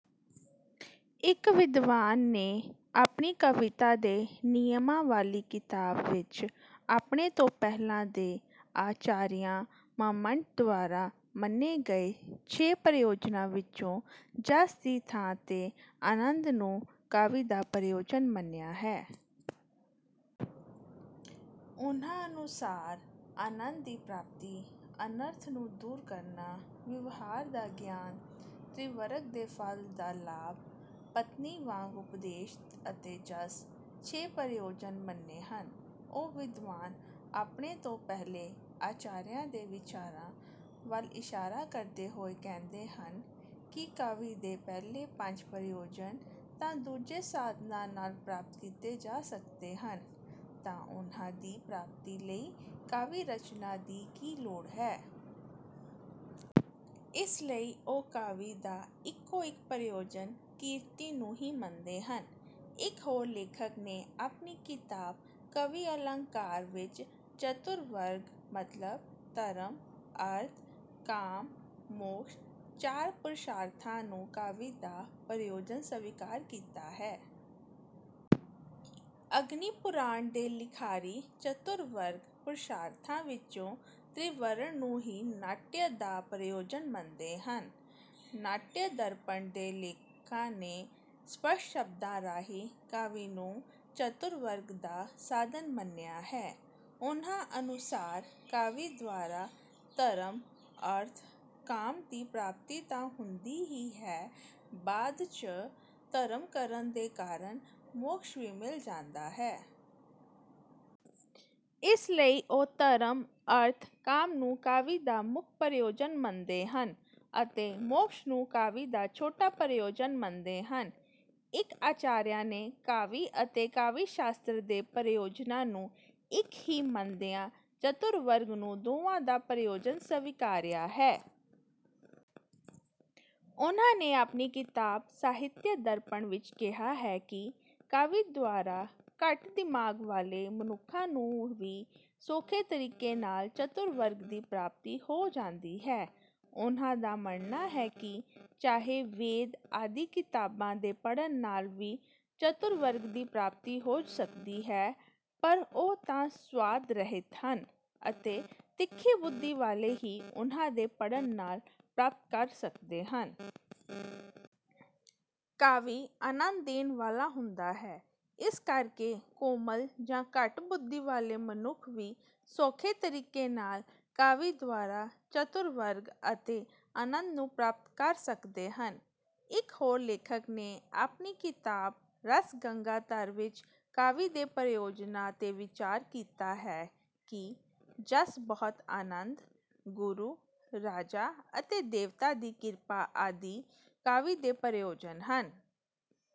ਇੱਕ ਵਿਦਵਾਨ ਨੇ ਆਪਣੀ ਕਵਿਤਾ ਦੇ ਨਿਯਮਾਂ ਵਾਲੀ ਕਿਤਾਬ ਵਿੱਚ ਆਪਣੇ ਤੋਂ ਪਹਿਲਾਂ ਦੇ ਆਚਾਰੀਆ ਮੰਮਟ ਦੁਆਰਾ ਮੰਨੇ ਗਏ ਛੇ ਪ੍ਰਯੋਜਨਾਂ ਵਿੱਚੋਂ ਜਸ ਦੀ ਥਾਂ ਤੇ ਆਨੰਦ ਨੂੰ ਕਾਵਿ ਦਾ ਪ੍ਰਯੋਜਨ ਮੰਨਿਆ ਹੈ। ਉਹਨਾਂ ਅਨੁਸਾਰ ਆਨੰਦ ਦੀ ਪ੍ਰਾਪਤੀ, ਅਨਰਥ ਨੂੰ ਦੂਰ ਕਰਨਾ, ਵਿਵਹਾਰ ਦਾ ਗਿਆਨ, ਤ੍ਰਿਵਰਗ ਦੇ ਫ਼ਲ ਦਾ ਲਾਭ, ਪਤਨੀ ਵਾਂਗ ਉਪਦੇਸ਼ ਅਤੇ ਜਸ, ਛੇ ਪ੍ਰਯੋਜਨ ਮੰਨੇ ਹਨ। ਉਹ ਵਿਦਵਾਨ ਆਪਣੇ ਤੋਂ ਪਹਿਲੇ ਆਚਾਰੀਆਂ ਦੇ ਵਿਚਾਰਾਂ ਵੱਲ ਇਸ਼ਾਰਾ ਕਰਦੇ ਹੋਏ ਕਹਿੰਦੇ ਹਨ ਕਿ ਕਾਵਿ ਦੇ ਪਹਿਲੇ ਪੰਜ ਪ੍ਰਯੋਜਨ ਤਾਂ ਦੂਜੇ ਸਾਧਨਾਂ ਨਾਲ ਪ੍ਰਾਪਤ ਕੀਤੇ ਜਾ ਸਕਦੇ ਹਨ, ਤਾਂ ਉਹਨਾਂ ਦੀ ਪ੍ਰਾਪਤੀ ਲਈ ਕਾਵਿ-ਰਚਨਾ ਦੀ ਕੀ ਲੋੜ ਹੈ। ਇਸ ਲਈ ਉਹ ਕਾਵਿ ਦਾ ਇੱਕੋ- ਇੱਕ ਪ੍ਰਯੋਜਨ ਕੀਰਤੀ ਨੂੰ ਹੀ ਮੰਨਦੇ ਹਨ। ਇੱਕ ਹੋਰ ਲੇਖਕ ਨੇ ਆਪਣੀ ਕਿਤਾਬ ਕਾਵਿਆਲੰਕਾਰ ਵਿੱਚ ਚਤੁਰਵਰਗ ਮਤਲਬ ਧਰਮ, ਅਰਥ, ਕਾਮ, ਮੋਕ੍ਸ਼, ਚਾਰ ਪੁਰਸ਼ਾਰਥਾਂ ਨੂੰ ਕਾਵਿ ਦਾ ਪ੍ਰਯੋਜਨ ਸਵੀਕਾਰ ਕੀਤਾ ਹੈ। ਅਗਨੀਪੁਰਾਣ ਦੇ ਲਿਖਾਰੀ ਚਤੁਰਵਰਗ ਪੁਰਸ਼ਾਰਥਾਂ ਵਿੱਚੋਂ ਤ੍ਰਿਵਰਗ ਨੂੰ ਹੀ ਨਾਟਯ ਦਾ ਪ੍ਰਯੋਜਨ ਮੰਨਦੇ ਹਨ। ਨਾਟਯਦਰਪਣ ਦੇ ਲੇਖਕਾਂ ਨੇ ਸਪੱਸ਼ਟ ਸ਼ਬਦਾਂ ਰਾਹੀਂ ਕਾਵਿ ਨੂੰ ਚਤੁਰਵਰਗ ਦਾ ਸਾਧਨ ਮੰਨਿਆ ਹੈ। ਉਹਨਾਂ ਅਨੁਸਾਰ ਕਾਵਿ ਦੁਆਰਾ ਧਰਮ, ਅਰਥ, ਕਾਮ ਦੀ ਪ੍ਰਾਪਤੀ ਤਾਂ ਹੁੰਦੀ ਹੀ ਹੈ, ਬਾਅਦ ਚ ਧਰਮ ਕਰਨ ਦੇ ਕਾਰਣ ਮੋਕ੍ਸ਼ ਵੀ ਮਿਲ ਜਾਂਦਾ ਹੈ। ਇਸ ਲਈ ਉਹ ਧਰਮ, ਅਰਥ, ਕਾਮ ਨੂੰ ਕਾਵਿ ਦਾ ਮੁੱਖ ਪ੍ਰਯੋਜਨ ਮੰਨਦੇ ਹਨ ਅਤੇ ਮੋਕ੍ਸ਼ ਨੂੰ ਕਾਵਿ ਦਾ ਛੋਟਾ ਪ੍ਰਯੋਜਨ ਮੰਨਦੇ ਹਨ। ਇੱਕ ਆਚਾਰੀਆ ਨੇ ਕਾਵਿ ਅਤੇ ਕਾਵਿ-ਸ਼ਾਸਤਰ ਦੇ ਪ੍ਰਯੋਜਨਾਂ ਨੂੰ ਇੱਕ ਹੀ ਮੰਨਦਿਆਂ ਚਤੁਰਵਰਗ ਨੂੰ ਦੋਵਾਂ ਦਾ ਪ੍ਰਯੋਜਨ ਸਵਿਕਾਰਿਆ ਹੈ। ਉਹਨਾਂ ਨੇ ਆਪਣੀ ਕਿਤਾਬ ਸਾਹਿਤਦਰਪਣ ਵਿੱਚ ਕਿਹਾ ਹੈ ਕਿ ਕਾਵਿ ਦੁਆਰਾ ਘੱਟ ਦਿਮਾਗ ਵਾਲੇ ਮਨੁੱਖਾਂ ਨੂੰ ਵੀ ਸੌਖੇ ਤਰੀਕੇ ਨਾਲ ਚਤੁਰਵਰਗ ਦੀ ਪ੍ਰਾਪਤੀ ਹੋ ਜਾਂਦੀ ਹੈ। ਉਹਨਾਂ ਦਾ ਮੰਨਣਾ ਹੈ ਕਿ ਚਾਹੇ ਵੇਦ ਆਦਿ ਕਿਤਾਬਾਂ ਦੇ ਪੜ੍ਹਨ ਨਾਲ ਵੀ ਚਤੁਰਵਰਗ ਦੀ ਪ੍ਰਾਪਤੀ ਹੋ ਸਕਦੀ ਹੈ, ਪਰ ਉਹ ਤਾਂ ਸੁਆਦ ਰਹਿਤ ਹਨ ਅਤੇ ਤਿੱਖੀ ਬੁੱਧੀ ਵਾਲੇ ਹੀ ਉਹਨਾਂ ਦੇ ਪੜ੍ਹਨ ਨਾਲ ਪ੍ਰਾਪਤ ਕਰ ਸਕਦੇ ਹਨ। ਕਾਵਿ ਆਨੰਦ ਦੇਣ ਵਾਲਾ ਹੁੰਦਾ ਹੈ, ਇਸ ਕਰਕੇ ਕੋਮਲ ਜਾਂ ਘੱਟ ਬੁੱਧੀ ਵਾਲੇ ਮਨੁੱਖ ਵੀ ਸੌਖੇ ਤਰੀਕੇ ਨਾਲ, ਕਾਵਿ ਦੁਆਰਾ ਚਤੁਰਵਰਗ ਅਤੇ ਆਨੰਦ ਨੂੰ ਪ੍ਰਾਪਤ ਕਰ ਸਕਦੇ ਹਨ। ਇੱਕ ਹੋਰ ਲੇਖਕ ਨੇ ਆਪਣੀ ਕਿਤਾਬ ਰਸਗੰਗਾਧਰ ਵਿੱਚ ਕਾਵਿ ਦੇ ਪ੍ਰਯੋਜਨਾਂ ਤੇ ਵਿਚਾਰ ਕੀਤਾ ਹੈ ਕਿ ਜਸ, ਬਹੁਤ ਆਨੰਦ, ਗੁਰੂ, ਰਾਜਾ ਅਤੇ ਦੇਵਤਾ ਦੀ ਕਿਰਪਾ ਆਦਿ ਕਾਵਿ ਦੇ ਪ੍ਰਯੋਜਨ ਹਨ।